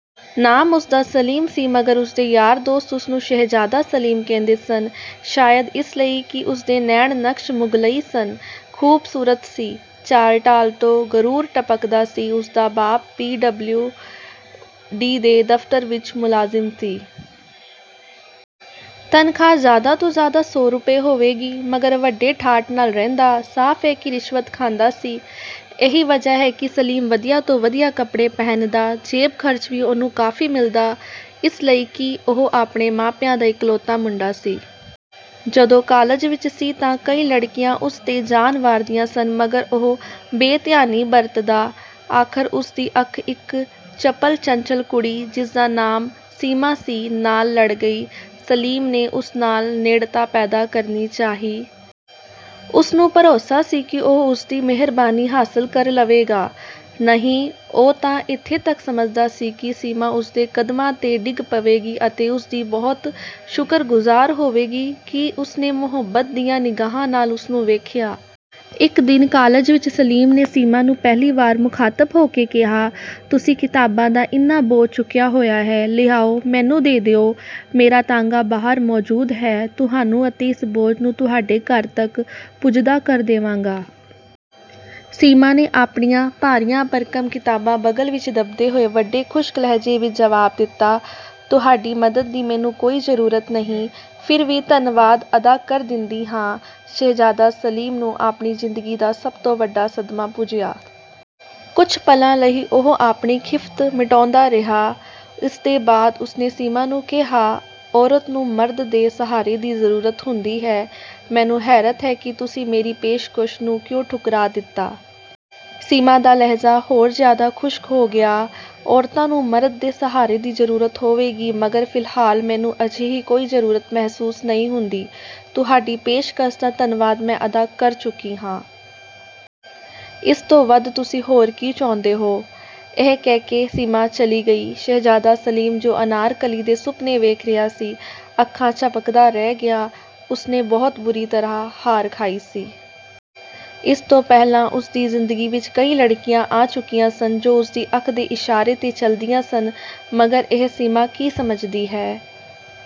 ਨਾਮ ਉਸਦਾ ਸਲੀਮ ਸੀ ਮਗਰ ਉਸਦੇ ਯਾਰ-ਦੋਸਤ ਉਸਨੂੰ ਸ਼ਹਿਜ਼ਾਦਾ ਸਲੀਮ ਕਹਿੰਦੇ ਸਨ। ਸ਼ਾਇਦ ਇਸ ਲਈ ਕਿ ਉਸਦੇ ਨੈਣ-ਨਕਸ਼ ਮੁਗ਼ਲਈ ਸਨ, ਖ਼ੂਬਸੂਰਤ ਸੀ। ਚਾਲ-ਢਾਲ ਤੋਂ ਗ਼ਰੂਰ ਟਪਕਦਾ ਸੀ। ਉਸਦਾ ਬਾਪ ਪੀ.ਡਬਲਿਊ.ਡੀ ਦੇ ਦਫ਼ਤਰ ਵਿੱਚ ਮੁਲਾਜ਼ਿਮ ਸੀ। ਤਨਖ਼ਾਹ ਜ਼ਿਆਦਾ ਤੋਂ ਜ਼ਿਆਦਾ ਸੌ ਰੁਪਏ ਹੋਵੇਗੀ ਮਗਰ ਵੱਡੇ ਠਾਟ ਨਾਲ਼ ਰਹਿੰਦਾ, ਸਾਫ਼ ਹੈ ਕਿ ਰਿਸ਼ਵਤ ਖਾਂਦਾ ਸੀ। ਇਹੀ ਵਜ੍ਹਾ ਹੈ ਕਿ ਸਲੀਮ ਵਧੀਆ ਤੋਂ ਵਧੀਆ ਕੱਪੜੇ ਪਹਿਨਦਾ। ਜੇਬ ਖ਼ਰਚ ਵੀ ਉਹਨੂੰ ਕਾਫ਼ੀ ਮਿਲਦਾ ਇਸ ਲਈ ਕਿ ਉਹ ਆਪਣੇ ਮਾਪਿਆਂ ਦਾ ਇਕਲੌਤਾ ਮੁੰਡਾ ਸੀ। ਜਦੋਂ ਕਾਲਜ ਵਿੱਚ ਸੀ ਤਾਂ ਕਈ ਲੜਕੀਆਂ ਉਸ 'ਤੇ ਜਾਨ ਵਾਰਦੀਆਂ ਸਨ ਮਗਰ ਉਹ ਬੇਧਿਆਨੀ ਬਰਤਦਾ। ਆਖ਼ਰ ਉਸ ਦੀ ਅੱਖ ਇੱਕ ਚਪਲ-ਚੰਚਲ ਕੁੜੀ, ਜਿਸਦਾ ਨਾਮ ਸੀਮਾ ਸੀ, ਨਾਲ਼ ਲੜ ਗਈ। ਸਲੀਮ ਨੇ ਉਸ ਨਾਲ਼ ਨੇੜਤਾ ਪੈਦਾ ਕਰਨੀ ਚਾਹੀ। ਉਸਨੂੰ ਭਰੋਸਾ ਸੀ ਕਿ ਉਹ ਉਸਦੀ ਮਿਹਰਬਾਨੀ ਹਾਸਲ ਕਰ ਲਵੇਗਾ। ਨਹੀਂ, ਉਹ ਤਾਂ ਇੱਥੇ ਤੱਕ ਸਮਝਦਾ ਸੀ ਕਿ ਸੀਮਾ ਉਸਦੇ ਕਦਮਾਂ 'ਤੇ ਡਿੱਗ ਪਵੇਗੀ ਅਤੇ ਉਸਦੀ ਬਹੁਤ ਸ਼ੁਕਰਗੁਜ਼ਾਰ ਹੋਵੇਗੀ ਕਿ ਉਸ ਨੇ ਮੁਹੱਬਤ ਦੀਆਂ ਨਿਗਾਹਾਂ ਨਾਲ਼ ਉਸਨੂੰ ਵੇਖਿਆ। ਇੱਕ ਦਿਨ ਕਾਲਜ ਵਿੱਚ ਸਲੀਮ ਨੇ ਸੀਮਾ ਨੂੰ ਪਹਿਲੀ ਵਾਰ ਮੁਖ਼ਾਤਬ ਹੋ ਕੇ ਕਿਹਾ, "ਤੁਸੀਂ ਕਿਤਾਬਾਂ ਦਾ ਇੰਨਾ ਬੋਝ ਚੁੱਕਿਆ ਹੋਇਆ ਹੈ, ਲਿਆਓ ਮੈਨੂੰ ਦੇ ਦਿਓ। ਮੇਰਾ ਤਾਂਗਾ ਬਾਹਰ ਮੌਜੂਦ ਹੈ, ਤੁਹਾਨੂੰ ਅਤੇ ਇਸ ਬੋਝ ਨੂੰ ਤੁਹਾਡੇ ਘਰ ਤੱਕ ਪੁੱਜਦਾ ਕਰ ਦੇਵਾਂਗਾ।" ਸੀਮਾ ਨੇ ਆਪਣੀਆਂ ਭਾਰੀਆਂ-ਭਰਕਮ ਕਿਤਾਬਾਂ ਬਗ਼ਲ ਵਿੱਚ ਦੱਬਦੇ ਹੋਏ ਵੱਡੇ ਖੁਸ਼ਕ ਲਹਿਜੇ ਵਿੱਚ ਜਵਾਬ ਦਿੱਤਾ, "ਤੁਹਾਡੀ ਮਦਦ ਦੀ ਮੈਨੂੰ ਕੋਈ ਜ਼ਰੂਰਤ ਨਹੀਂ, ਫਿਰ ਵੀ ਧੰਨਵਾਦ ਅਦਾ ਕਰ ਦਿੰਦੀ ਹਾਂ।" ਸ਼ਹਿਜ਼ਾਦਾ ਸਲੀਮ ਨੂੰ ਆਪਣੀ ਜ਼ਿੰਦਗੀ ਦਾ ਸਭ ਤੋਂ ਵੱਡਾ ਸਦਮਾ ਪੁੱਜਿਆ। ਕੁਝ ਪਲਾਂ ਲਈ ਉਹ ਆਪਣੀ ਖ਼ਿੱਫ਼ਤ ਮਿਟਾਉਂਦਾ ਰਿਹਾ। ਇਸਦੇ ਬਾਅਦ ਉਸਨੇ ਸੀਮਾ ਨੂੰ ਕਿਹਾ, "ਔਰਤ ਨੂੰ ਮਰਦ ਦੇ ਸਹਾਰੇ ਦੀ ਜ਼ਰੂਰਤ ਹੁੰਦੀ ਹੈ, ਮੈਨੂੰ ਹੈਰਤ ਹੈ ਕਿ ਤੁਸੀਂ ਮੇਰੀ ਪੇਸ਼ਕਸ਼ ਨੂੰ ਕਿਉਂ ਠੁਕਰਾ ਦਿੱਤਾ?" ਸੀਮਾ ਦਾ ਲਹਿਜਾ ਹੋਰ ਜ਼ਿਆਦਾ ਖੁਸ਼ਕ ਹੋ ਗਿਆ "ਔਰਤਾਂ ਨੂੰ ਮਰਦ ਦੇ ਸਹਾਰੇ ਦੀ ਜ਼ਰੂਰਤ ਹੋਵੇਗੀ ਮਗਰ ਫ਼ਿਲਹਾਲ ਮੈਨੂੰ ਅਜਿਹੀ ਕੋਈ ਜ਼ਰੂਰਤ ਮਹਿਸੂਸ ਨਹੀਂ ਹੁੰਦੀ। ਤੁਹਾਡੀ ਪੇਸ਼ਕਸ਼ ਦਾ ਧੰਨਵਾਦ ਮੈਂ ਅਦਾ ਕਰ ਚੁੱਕੀ ਹਾਂ। ਇਸ ਤੋਂ ਵੱਧ ਤੁਸੀਂ ਹੋਰ ਕੀ ਚਾਹੁੰਦੇ ਹੋ?"ਇਹ ਕਹਿ ਕੇ ਸੀਮਾ ਚਲੀ ਗਈ। ਸ਼ਹਿਜ਼ਾਦਾ ਸਲੀਮ ਜੋ ਅਨਾਰਕਲੀ ਦੇ ਸੁਪਨੇ ਵੇਖ ਰਿਹਾ ਸੀ, ਅੱਖਾਂ ਝਪਕਦਾ ਰਹਿ ਗਿਆ। ਉਸਨੇ ਬਹੁਤ ਬੁਰੀ ਤਰ੍ਹਾਂ ਹਾਰ ਖਾਈ ਸੀ। ਇਸ ਤੋਂ ਪਹਿਲਾਂ ਉਸਦੀ ਜ਼ਿੰਦਗੀ ਵਿੱਚ ਕਈ ਲੜਕੀਆਂ ਆ ਚੁੱਕੀਆਂ ਸਨ ਜੋ ਉਸਦੀ ਅੱਖ ਦੇ ਇਸ਼ਾਰੇ 'ਤੇ ਚੱਲਦੀਆਂ ਸਨ, ਮਗਰ ਇਹ ਸੀਮਾ ਕੀ ਸਮਝਦੀ ਹੈ?